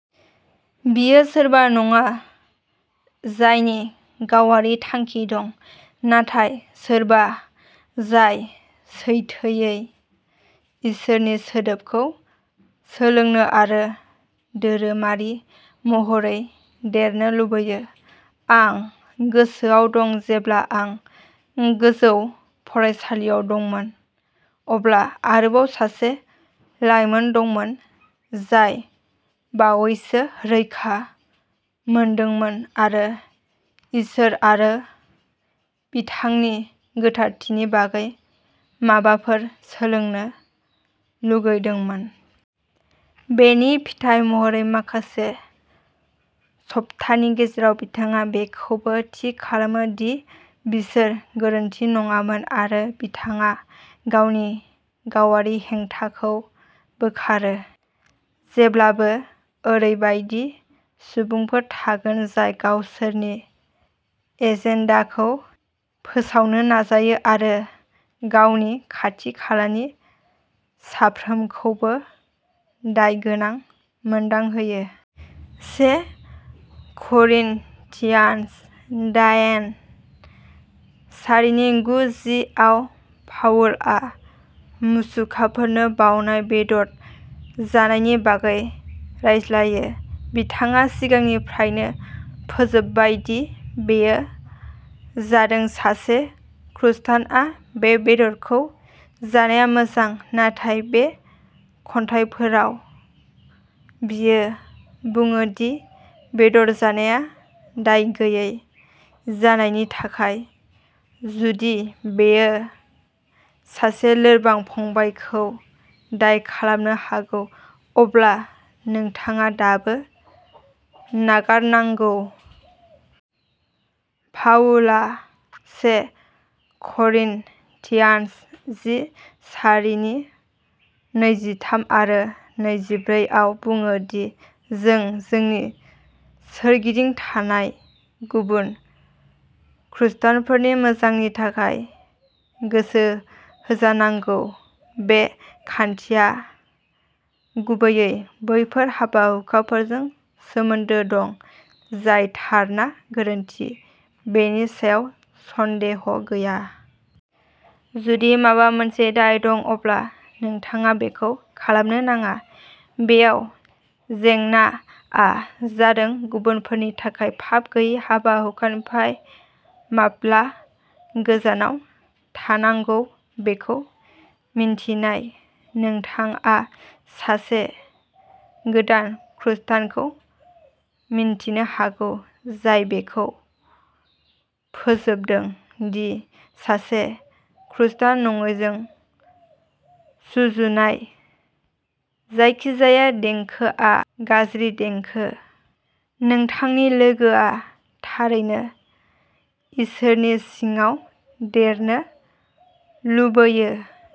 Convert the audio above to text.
बियो सोरबा नङा जायनि गावारि थांखि दं, नाथाय सोरबा जाय सैथोयै इसोरनि सोदोबखौ सोलोंनो आरो धोरोमारि महरै देरनो लुबैयो। आं गोसोआव दं जेब्ला आं गोजौ फरायसालियाव दंमोन, अब्ला आरोबाव सासे लाइमोन दंमोन जाय बावैसो रैखा मोन्दोंमोन आरो इसोर आरो बिथांनि गोथारथिनि बागै माबाफोर सोलोंनो लुगैदोंमोन। बेनि फिथाइ महरै माखासे सप्तानि गेजेराव बिथाङा बेखौबो थि खालामो दि बिसोर गोरोन्थि नङामोन आरो बिथाङा गावनि गावारि हेंथाखौ बोखारो। जेब्लाबो ओरैबायदि सुबुंफोर थागोन जाय गावसोरनि एजेन्डाखौ फोसावनो नाजायो आरो गावनि खाथि-खालानि साफ्रोमखौबो दायगोनां मोनदांहोयो। से करिन्थियान्स दायेन सारिनि गु जि आव पाउलआ मुसुखाफोरनो बावनाय बेदर जानायनि बागै रायज्लायो। बिथाङा सिगांनिफ्रायनो फोजोबबाय दि बेयो जादों सासे खृष्टानआ बे बेदरखौ जानाया मोजां। नाथाय, बे खन्थाइफोराव बियो बुङो दि बेदर जानाया दाय गैयै जानायनि थाखाय, जुदि बेयो सासे लोरबां फंबायखौ दाय खालामनो हागौ, अब्ला नोंथाङा दाबो नागारनांगौ। पाउला से करिन्थियान्स जि सारिनि नैजिथाम आरो नैजिब्रै आव बुङो दि जों जोंनि सोरगिदिं थानाय गुबुन खृष्टानफोरनि मोजांनि थाखाय गोसो होजानांगौ। बे खान्थिया गुबैयै बैफोर हाबा-हुखाफोरजों सोमोन्दो दं, जाय थार ना गोरोन्थि, बेनि सायाव सन्देह' गैया। जुदि माबा मोनसे दाय दं, अब्ला नोंथाङा बेखौ खालामनो नाङा। बेयाव जेंनाआ जादों गुबुनफोरनि थाखाय पाप गैयै हाबा-हुखानिफ्राय माब्ला गोजानाव थानांगौ बेखौ मिन्थिनाय। नोंथाङा सासे गोदान खृष्टानखौ मिन्थिनो हागौ, जाय बेखौ फोजोबदों दि सासे खृष्टान नङैजों सुजुनाय जायखिजाया देंखोआ गाज्रि देंखो। नोंथांनि लोगोआ थारैनो इसोरनि सिङाव देरनो लुबैयो।